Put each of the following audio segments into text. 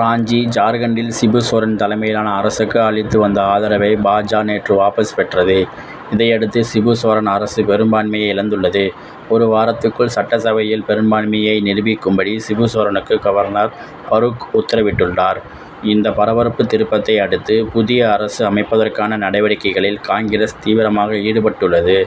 ராஞ்சி ஜார்க்கண்டில் சிபு சோரன் தலைமையிலான அரசுக்கு அளித்து வந்த ஆதரவை, பா. ஜ. நேற்று வாபஸ் பெற்றது. இதையடுத்து, சிபு சோரன் அரசு பெரும் பான்மையை இழந்துள்ளது. ஒரு வாரத்துக்குள் சட்டசபையில் பெரும்பான்மையை நிரூபிக்கும்படி சிபு சோரனுக்கு, கவர்னர் பரூக் உத்தரவிட்டுள்ளார். இந்த பரபரப்பு திருப்பத்தை அடுத்து, புதிய அரசு அமைப்பதற்கான நடவடிக்கைகளில் காங்கிரஸ் தீவிரமாக ஈடுபட்டுள்ளது.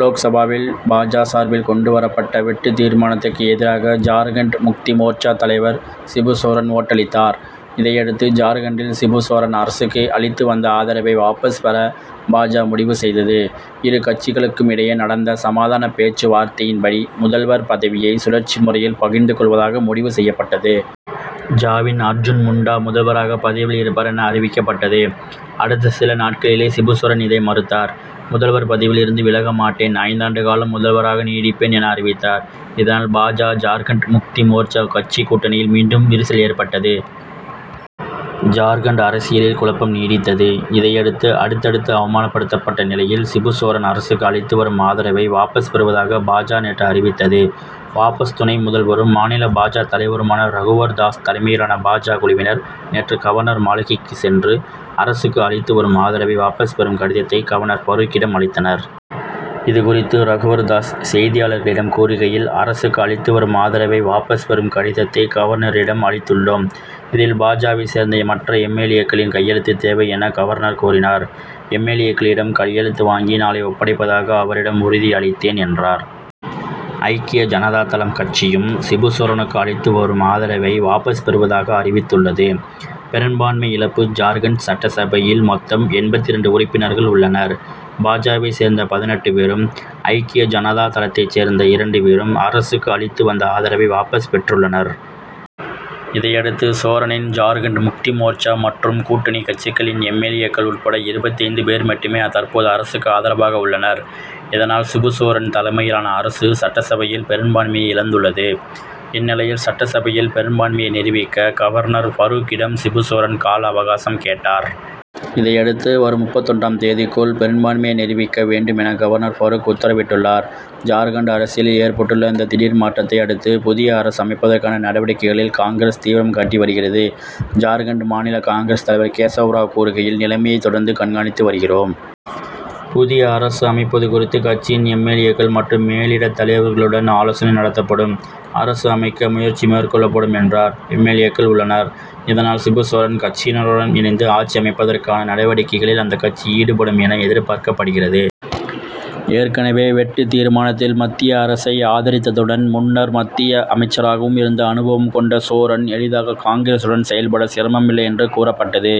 லோக்சபாவில் பா. ஜ. சார்பில் கொண்டு வரப்பட்ட வெட்டுத் தீர்மானத்துக்கு எதிராக ஜார்க்கண்ட் முக்தி மோர்ச்சா தலைவர் சிபு சோரன் ஓட்டளித்தார். இதையடுத்து, ஜார்க் கண்ட்டில் சிபு சோரன் அரசுக்கு அளித்து வந்த ஆதரவை வாபஸ் பெற, பா. ஜ. முடிவு செய்தது. இரு கட்சிகளுக்கும் இடையே நடந்த சமாதான பேச்சு வார்த்தையின்படி, முதல்வர் பதவியை சுழற்சி முறையில் பகிர்ந்து கொள்வதாக முடிவு செய்யப்பட்டது. ஜ.வின் அர்ஜுன் முண்டா முதல்வராக பதவியில் இருப்பார் என அறிவிக்கப் பட்டது. அடுத்த சில நாட்களிலேயே சிபு சோரன் இதை மறுத்தார். முதல்வர் பதவியில் இருந்து விலக மாட்டேன் ஐந்தாண்டு காலம் முதல்வராக நீடிப்பேன் என, அறிவித்தார். இதனால், பா. ஜ., ஜார்க்கண்ட் முக்தி மோர்ச்சா கட்சி கூட்டணியில் மீண்டும் விரிசல் ஏற்பட்டது. ஜார்க்கண்ட் அரசியலில் குழப்பம் நீடித்தது. இதையடுத்து, அடுத்தடுத்து அவமானப்படுத்தப்பட்ட நிலையில், சிபு சோரன் அரசுக்கு அளித்து வரும் ஆதரவை வாபஸ் பெறுவதாக பா. ஜ., நேற்று அறிவித்தது. வாபஸ் துணை முதல்வரும், மாநில பா. ஜ. தலைவருமான ரகுவர் தாஸ் தலைமையிலான பா. ஜ. குழுவினர், நேற்று கவர்னர் மாளிகைக்கு சென்று, அரசுக்கு அளித்து வரும் ஆதரவை வாபஸ் பெறும் கடிதத்தை, கவர்னர் பரூக்கிடம் அளித்தனர். இதுகுறித்து ரகுவர் தாஸ் செய்தியாளர்களிடம் கூறுகையில், அரசுக்கு அளித்து வரும் ஆதரவை வாபஸ் பெறும் கடிதத்தை கவர்னரிடம் அளித்துள் ளோம். இதில், பா. ஜ.வைச் சேர்ந்த மற்ற எம். எல். ஏ.,க்களின் கையெழுத்து தேவை என, கவர்னர் கூறினார். எம். எல். ஏ.க்களிடம் கையெழுத்து வாங்கி, நாளை ஒப்படைப்பதாக அவரிடம் உறுதி அளித்தேன் என்றார். ஐக்கிய ஜனதா தளம் கட்சியும், சிபு சோரனுக்கு அளித்து வரும் ஆதரவை வாபஸ் பெறுவதாக அறிவித்துள்ளது. பெரும்பான்மை இழப்பு ஜார்க்கண்ட் சட்டசபையில் மொத்தம் எண்பத்திரண்டு உறுப்பினர்கள் உள்ளனர். பா. ஜ.வைச் சேர்ந்த பதினெட்டு பேரும், ஐக்கிய ஜனதா தளத்தைச் சேர்ந்த இரண்டு பேரும், அரசுக்கு அளித்து வந்த ஆதரவை வாபஸ் பெற்றுள்ளனர். இதையடுத்து, சோரனின் ஜார்க்கண்ட் முக்தி மோர்ச்சா மற்றும் கூட்டணி கட்சிகளின் எம். எல். ஏ.,க்கள் உட்பட இருபத்தைந்து பேர் மட்டுமே தற்போது அரசுக்கு ஆதரவாக உள்ளனர். இதனால் சிபு சோரன் தலைமையிலான அரசு, சட்டசபையில் பெரும்பான்மையை இழந்துள்ளது. இந்நிலையில், சட்டசபையில் பெரும்பான்மையை நிரூபிக்க கவர்னர் பரூக்கிடம், சிபு சோரன் கால அவகாசம் கேட்டார். இதையடுத்து, வரும் முப்பத்தொன்றும் தேதிக்குள் பெரும்பான்மையை நிரூபிக்க வேண்டும் என, கவர்னர் பரூக் உத்தரவிட்டுள்ளார். ஜார்க்கண்ட் அரசியலில் ஏற்பட்டுள்ள இந்த திடீர் மாற்றத்தை அடுத்து, புதிய அரசு அமைப்பதற்கான நடவடிக்கைகளில் காங்கிரஸ் தீவிரம் காட்டி வருகிறது. ஜார்க்கண்ட் மாநில காங். தலைவர் கேசவ் ராவ் கூறுகையில், நிலைமையை தொடர்ந்து கண்காணித்து வருகிறோம். புதிய அரசு அமைப்பது குறித்து கட்சியின் எம். எல். ஏ.,க்கள் மற்றும் மேலிடத் தலைவர்களுடன் ஆலோசனை நடத்தப்படும். அரசு அமைக்க முயற்சி மேற்கொள்ளப்படும்' என்றார். எல். ஏ.க்கள் உள்ளனர். இதனால் சிபு சோரன் கட்சியினருடன் இணைந்து ஆட்சி அமைப்பதற்கான நடவடிக்கையில் அந்த கட்சி ஈடுபடும் என, எதிர்பார்க்கப்படுகிறது. ஏற்கனவே வெட்டுத் தீர்மானத்தில் மத்திய அரசை ஆதரித்ததுடன், முன்னர் மத்திய அமைச்சராகவும் இருந்த அனுபவம் கொண்ட சோரன் எளிதாக காங்கிரசுடன் செயல்பட சிரமம் இல்லை என்று கூறப்பட்டது.